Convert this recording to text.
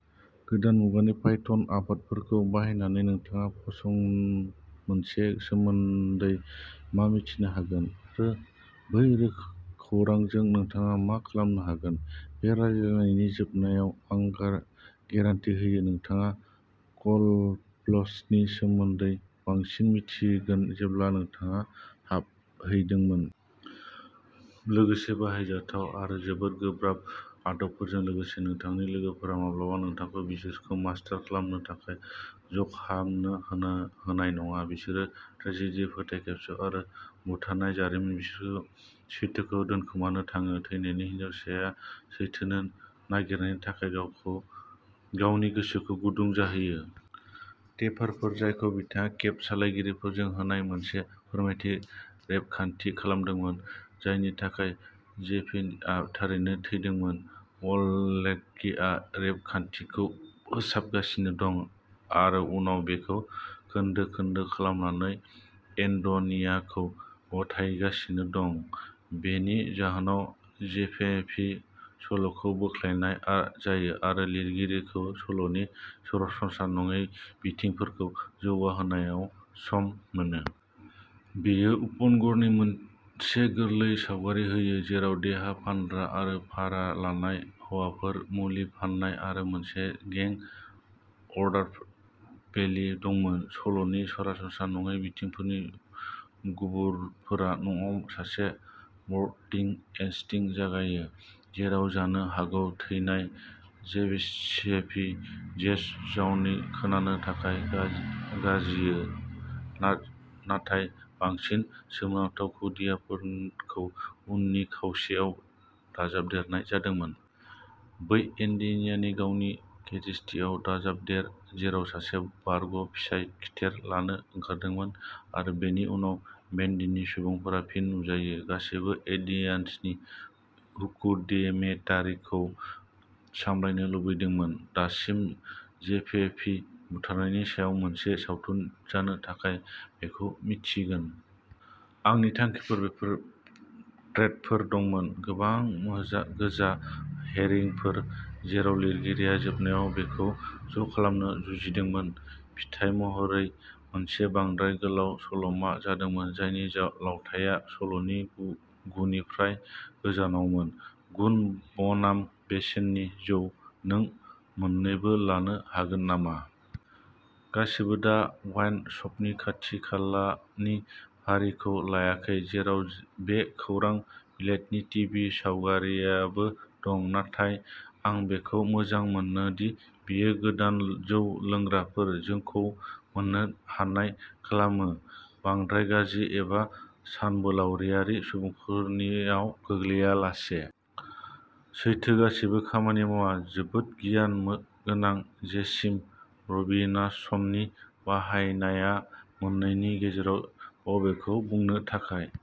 गोदान मुगानि पाइथन आबादफोरखौ बाहायनानै, नोंथाङा फसं मोनसे सोमोन्दै मा मिथिनो हागोन, आरो बै खौरांजों नोंथाङा मा खालामनो हागोन? बे रायज्लायनायनि जोबनायाव आं गा गेरेन्थि होयो, नोंथाङा कलल्सनि सोमोन्दै बांसिन मिन्थिगोन जेब्ला नोंथाङा हाबहैदोंमोन। लोगोसे बाहायजाथाव आरो जोबोद गोब्राब आदबफोरजों लोगोसे नोंथांनि लोगोफोरा माब्लाबाबो नोंथांखौ बिसोरखौ मास्टार खालामनो थाखाय ज'खालामनो होनो होनाय नङा। बिसोरनि ट्रेजेडी, फोथायखेबस' आरो बुथारनायनि जारिमिन। बिसोरो सैथोखौ दोनखोमानो थाङो? थैनाय हिनजावसाया सैथोनो नागिरनो थाखाय गावनि गोसोखौ गुदुं जाहोयो। टेपफोर जायखौ बिथाङा केब सालायगिरिजों होनाय मोनसे फोरमायथि रेबगान्थि खालामदोंमोन, जायनि आखाइजों जेपिन्टआ थारैनो थैदोंमोन। वाललेकीआ रेबगान्थिखौ फोसाबगासिनो दं आरो उनाव बेखौ खोन्दो-खोन्दो खालामनानै एन्ड'नियाखौ गथायगासिनो दं। बेनि जाहोनाव जेपेपि सल'खौ बोख्लायनाय जायो आ आरो लिरगिरिखौ सल'नि सरासनस्रा नङै बिथिंफोरखौ जौगाहोनायाव सम मोनो। बेयो उपनगरनि मोनसे गोरलै सावगारि होयो, जेराव देहा फानग्रा आरो भारा लानाय हौवासाफोर, मुलि फाननाय आरो मोनसे गें अरडारबेलि दंमोन। सल'नि सरासनस्रा नङै बिथिंफोरनि गुबुरफोरा न'आव सासे बर्टिं ' हेस्टिंजों जागायो, जेराव जानो हागौ थैनाय जेबेसेपि जेस जाउनि खोनानो थाखाय लाजियो रा राजियो ना नाथाय बांसिन सोमोनांथाव गुदिवाफोरखौ उननि खावसेयाव दाजाबदेरनाय जादोंमोन। बै एन्ट'नियानि गावनि बेकस्ट'रियाव दाजाबदेर, जेराव सासे बारग'फिसायआ खिथेर लानो ओंखारदोंमोन। आरो बेनि उनाव बेन्डनि सुबुंफोरा फिन नुजायो। गासैबो एन्ट'नियानि डकुमेन्टारिखौ सामलायनो लुबैदोंमोन। दासिम जेनेभिभनि बुथारनायनि सायाव मोनसे सावथुन जानो थाखाय बेखौ दिन्थिगोन। आंनि थांखिफोर बेफोर थ्रेडफोर दंमोन, गोबां मुजा गोजा हेरिंफोर, जेराव लिरगिरिया जोबनायाव बेखौ ज'खालामनो जुजिदोंमोन। फिथाय महरै मोनसे बांद्राय गोलाव सल'मा जादोंमोन, जायनि जाव लावथाइया सल'नि गु गुननिफ्राय गोजानावमोन। गुन बनाम बेसेननि जौः नों मोन्नैबो लानो हागोन नामा? गासैबो दा वाइन श'पनि खाथिखालानि फारिखौ लायाखै, जेराव बे खौरां ब्लिकनि टिभि सावरायगिरिबो दं। नाथाय आं बेखौ मोजां मोनोदि, बेयो गोदान जौ लोंग्राफोरनो जौखौ मोन्नो हानाय खालामो, बांद्राय गाज्रि एबा सानबोलावरियारि सुबुंफोरनियाव गोग्लैआलासे। सैथो, गासैबो खामानि मावा। जोबोद गियान मो गोनां जेसिन रबिनासननि बाहायनाया मोननैनि गेजेराव बबेखौ बुंनो थाखाय।